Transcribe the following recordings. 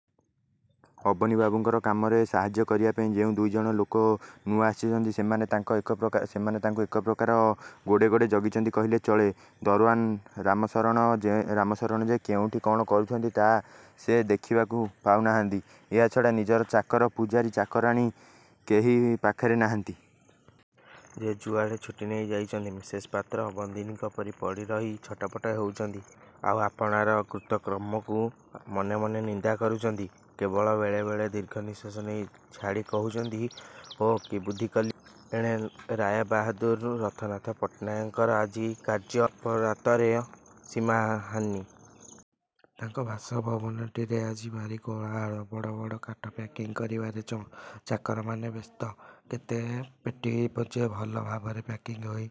ତଥାପି ସେ ନିରୁତ୍ତର। ଅବନୀବାବୁଙ୍କୁ କାମରେ ସାହାଯ୍ୟ କରିବାପାଇଁ ଯେଉଁ ଦୁଇଜଣ ଲୋକ ନୂଆ ଆସିଛନ୍ତି, ସେମାନେ ତାଙ୍କୁ ଏକପ୍ରକାର ଗୋଡ଼େ ଗୋଡ଼େ ଜଗିଛନ୍ତି କହିଲେ ଚଳେ। ଦରଓ୍ୱାନ୍ ରାମଶରଣ ଯେ କେଉଁଠି କ'ଣ କରୁଛି ତା' ସେ ଦେଖିବାକୁ ପାଉ ନାହାନ୍ତି। ଏହା ଛଡ଼ା ନିଜର ଚାକର, ପୁଝାରୀ, ଚାକରାଣୀ କେହି ପାଖରେ ନାହାନ୍ତି। ଯେ ଯୁଆଡ଼େ ଛୁଟି ନେଇ ଯାଇଛନ୍ତି। ମିସେସ୍ ପାତ୍ର ବନ୍ଦିନୀଙ୍କ ପରି ପଡ଼ିରହି ଛଟ ପଟ ହେଉଛନ୍ତି, ଆଉ ଆପଣାର କୃତକର୍ମକୁ ମନେ ମନେ ନିନ୍ଦା କରୁଛନ୍ତି; କେବଳ ବେଳେ ବେଳେ ଦୀର୍ଘ ନିଃଶ୍ୱାସ ଛାଡ଼ି କହୁଛନ୍ତି-''ଓଃ! କି ବୁଦ୍ଧି କଲି-! '' ଏଣେ ରାୟବାହାଦୂର ହରନାଥ ପଟ୍ଟନାୟକଙ୍କର ଆଜି କାର୍ଯ୍ୟ ତତ୍ପରତାର ସୀମା ନାହିଁ-। ତାଙ୍କ ବାସଭବନଟିରେ ଆଜି ଭାରି କୋଳାହଳ। ବଡ଼ ବଡ଼ କାଠ ପ୍ୟାକିଂ କରିବାରେ ଚାକରମାନେ ବ୍ୟସ୍ତ। କେତେ ପେଟି ଯେ ଭଲ ଭାବରେ ପ୍ୟାକ୍ ହୋଇ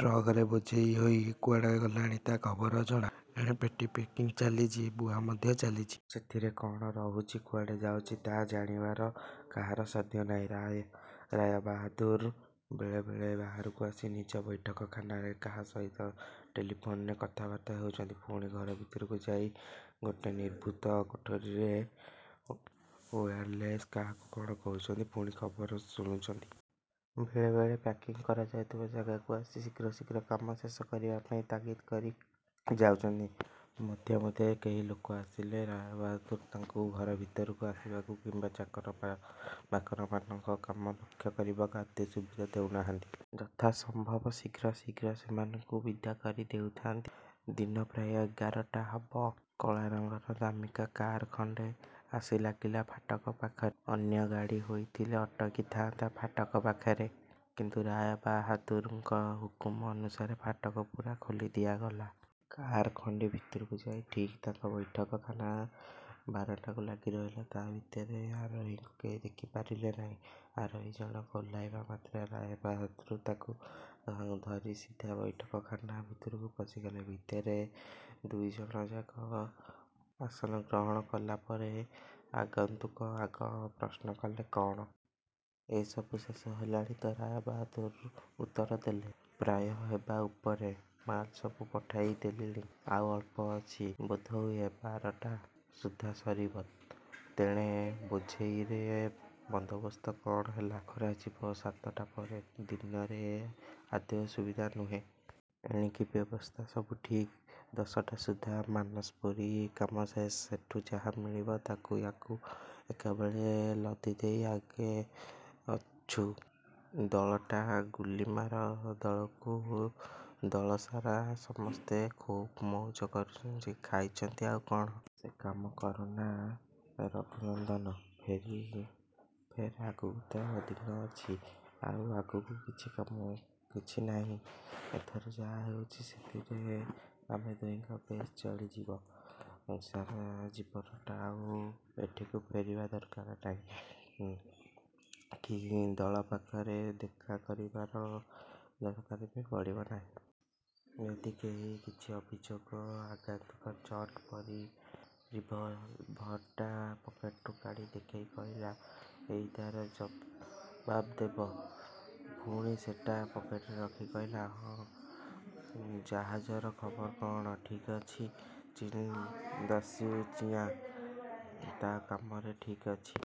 ଟ୍ରକ୍ରେ ବୋଝେଇ ହୋଇ କୁଆଡ଼େ ଗଲାଣି ତା' ଖବର ଅଜଣା। ଏଣେ ପେଟି ପ୍ୟାକ୍ ଚାଲିଛି, ବୁହା ମଧ୍ୟ ଚାଲିଛି। ସେଥିରେ କ'ଣ ରହୁଛି, କୁଆଡ଼େ ଯାଉଛି, ତାହା ଜାଣିବାର କାହାରି ସାଧ୍ୟ ନାହିଁ। ରାୟବାହାଦୂର ବେଳେ ବେଳେ ବାହାରକୁ ଆସି ନିଜ ବୈଠକଖାନାରେ କାହା ସହିତ କିଛି ଟେଲି ଫୋନ୍ରେ କ'ଣ କଥାବାର୍ତ୍ତା ହେଉଛନ୍ତି, ପୁଣି ଘର ଭିତରକୁ ଯାଇ ଗୋଟାଏ ନିଭୃତ କୋଠରୀରେ ଓୟାରଲେସ୍ରେ କାହାକୁ କ'ଣ କହୁଛନ୍ତି, ପୁଣି ଖବର ଶୁଣୁଛନ୍ତି। ବେଳେ ବେଳେ ପ୍ୟାକିଂ କରାଯାଉଥିବା ଯାଗାକୁ ଆସି ଶୀଘ୍ର ଶୀଘ୍ର କାମ ଶେଷ କରିବାପାଇଁ ତାଗିଦ୍ କରି ଯାଉଛନ୍ତି। ମଧ୍ୟେ ମଧ୍ୟେ କେହି ଲୋକ ଆସିଲେ ରାୟବାହାଦୂର ତାଙ୍କୁ ଘର ଭିତରକୁ ଆସିବାକୁ କିମ୍ବା ଚାକର ବାକରଙ୍କ କାମ ଲକ୍ଷ୍ୟ କରିବାକୁ ଆଦୌ ସୁବିଧା ଦେଉ ନାହାନ୍ତି। ଯଥା ସମ୍ଭବ ଶୀଘ୍ର ଶୀଘ୍ର ସେମାନଙ୍କୁ ବିଦା କରି ଦେଉଥାନ୍ତି। ଦିନ ପ୍ରାୟ ଏଗାରଟା ହେବ, କଳାରଙ୍ଗର ଦାମିକା କାର୍ ଖଣ୍ଡିଏ ଆସି ଲାଗିଲା ଫାଟକ ପାଖରେ। ଅନ୍ୟ ଗାଡ଼ି ହୋଇଥିଲେ ଅଟକିଥାନ୍ତା ଫାଟକ ପାଖରେ, କିନ୍ତୁ ରାୟବାହାଦୂରଙ୍କ ହୁକୁମ ଅନୁସାରେ ଫାଟକ ପୂରା ଖୋଲି ଦିଆଗଲା। କାର୍ ଖଣ୍ଡି ଭିତରକୁ ଯାଇ ଠିକ୍ ତାଙ୍କର ବୈଠକଖାନା ବାରଣ୍ଡାକୁ ଲାଗି ରହିଲା। ତା' ଭିତରର ଆରୋହୀକୁ କେହି ଦେଖି ପାରିଲେ ନାହିଁ। ଆରୋହୀ ଜଣକ ଓହ୍ଲାଇବା ମାତ୍ରେ ରାୟବାହାଦୂର ତାକୁ ଧରି ସିଧା ବୈଠକ ଖାନା ଭିତରକୁ ପଶିଗଲେ। ଭିତରେ ଦୁଇଜଣଯାକ ଆସନଗ୍ରହଣ କଲାପରେ ଆଗନ୍ତୁକ ଆଗ ପ୍ରଶ୍ନ କଲେ-''କ'ଣ-? ଏଣେ ସବୁ ଶେଷ ହେଲାଣି ତ? '' ରାୟବାହାଦୂର ଉତ୍ତର ଦେଲେ-''ପ୍ରାୟ ହେବା ଉପରେ। ମାଲ ସବୁ ପଠାଇ ଦେଲିଣି, ଆଉ ଅଳ୍ପ ଅଛି। ବୋଧହୁଏ ବାରଟା ସୁଦ୍ଧା ସରିବ। ତେଣେ ବୋଝେଇର ବନ୍ଦୋବସ୍ତ କ'ଣ ହେଲା-? '' ''କରାଯିବ ସାତଟା ପରେ। ଦିନରେ ଆଦୌ ସୁବିଧା ନୁହେଁ। '' ''ଏଣିକି ବ୍ୟବସ୍ଥା? '' ''ସବୁ ଠିକ୍! ଦଶଟା ସୁଦ୍ଧା ମାନସପୁରୀ କାମ ଶେଷ। ସେଠୁ ଯାହା ମିଳିବ, ତାକୁ ୟାକୁ ଏକାବେଳକେ ଲଦି ଦେଇ ଆଗେ ଛୁ। '' ''ଦଳଟା? '' ''ଗୁଲି ମାର ଦଳକୁ। ଦଳସାରା ସମସ୍ତେ ଖୁବ୍ ମଉଜ କରିଛନ୍ତି, ଖାଇଛନ୍ତି, ଆଉ କ'ଣ-? '' ''ସେ କାମ କରନା ରଘୁନନ୍ଦନ! ଫେର୍ ଆଗକୁ ତ ଦିନ ଅଛି? '' ''ଆଉ ଆଗକୁ କିଛି ନାହିଁ। ଏଥର ଯାହା ଯାଉଛି ସେଥିରେ ଆମ ଦୁହିଙ୍କର ବେଶ୍ ଚଳିଯିବ ସାରା ଜୀବନଟା। ଆଉ ଏଠିକୁ ଫେରିବା ଦରକାର ନାହିଁ କି ଦଳ ପାଖରେ ଦେଖା କରିବାର ଦରକାର ବି ପଡ଼ିବ ନାହିଁ। '' ''ଯଦି କେହି କିଛି ଅଭିଯୋଗ? '' ଆଗନ୍ତୁକ ଚଟ୍ ପରି ରିଭଲଭରଟା ପକେଟରୁ କାଢ଼ି ଦେଖାଇ କହିଲା-''ଏଇ ତା'ର ଜବାବ ଦେବ। '' ପୁଣି ସେଟା ପକେଟରେ ରଖି କହିଲା-''ହଁ, ଜାହାଜର ଖବର କ'ଣ? '' ''ଠିକ୍ ଅଛି? ଚୀନା ଦସ୍ୟୁ ଚିୟାଂ ତା'କାମରେ ଠିକ୍ ଅଛି।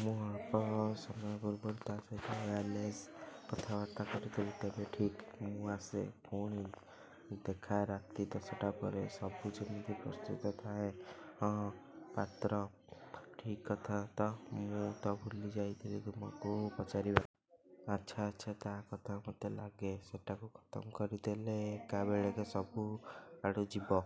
ମୁଁ ଅଳ୍ପ ସମୟ ପୂର୍ବରୁ ତା' ସହିତ ଓୟାରଲେସ୍ରେ କଥାବାର୍ତ୍ତା କରୁଥିଲି। ''ତେବେ ଠିକ୍! ମୁଁ ଆସେ। ପୁଣି ଦେଖା ରାତି ଦଶଟା ପରେ। ସବୁ ଯେମିତି ପ୍ରସ୍ତୁତ ଥାଏ। ହଁ,। ପାତ୍ର? '' ''ଠିକ୍ କଥା ତ! ମୁଁ ତ ଭୁଲି ଯାଇଥିଲି ତୁମକୁ ପଚାରିବାକୁ। '' ''ଆଚ୍ଛା, ଆଚ୍ଛା; ତା' କଥା ମୋତେ ଲାଗେ। ସେଟାକୁ ଖତମ୍ କରିଦେଲେ ଏକାବେଳକେ ସବୁ ଅଡ଼ୁଆ ଯିବ।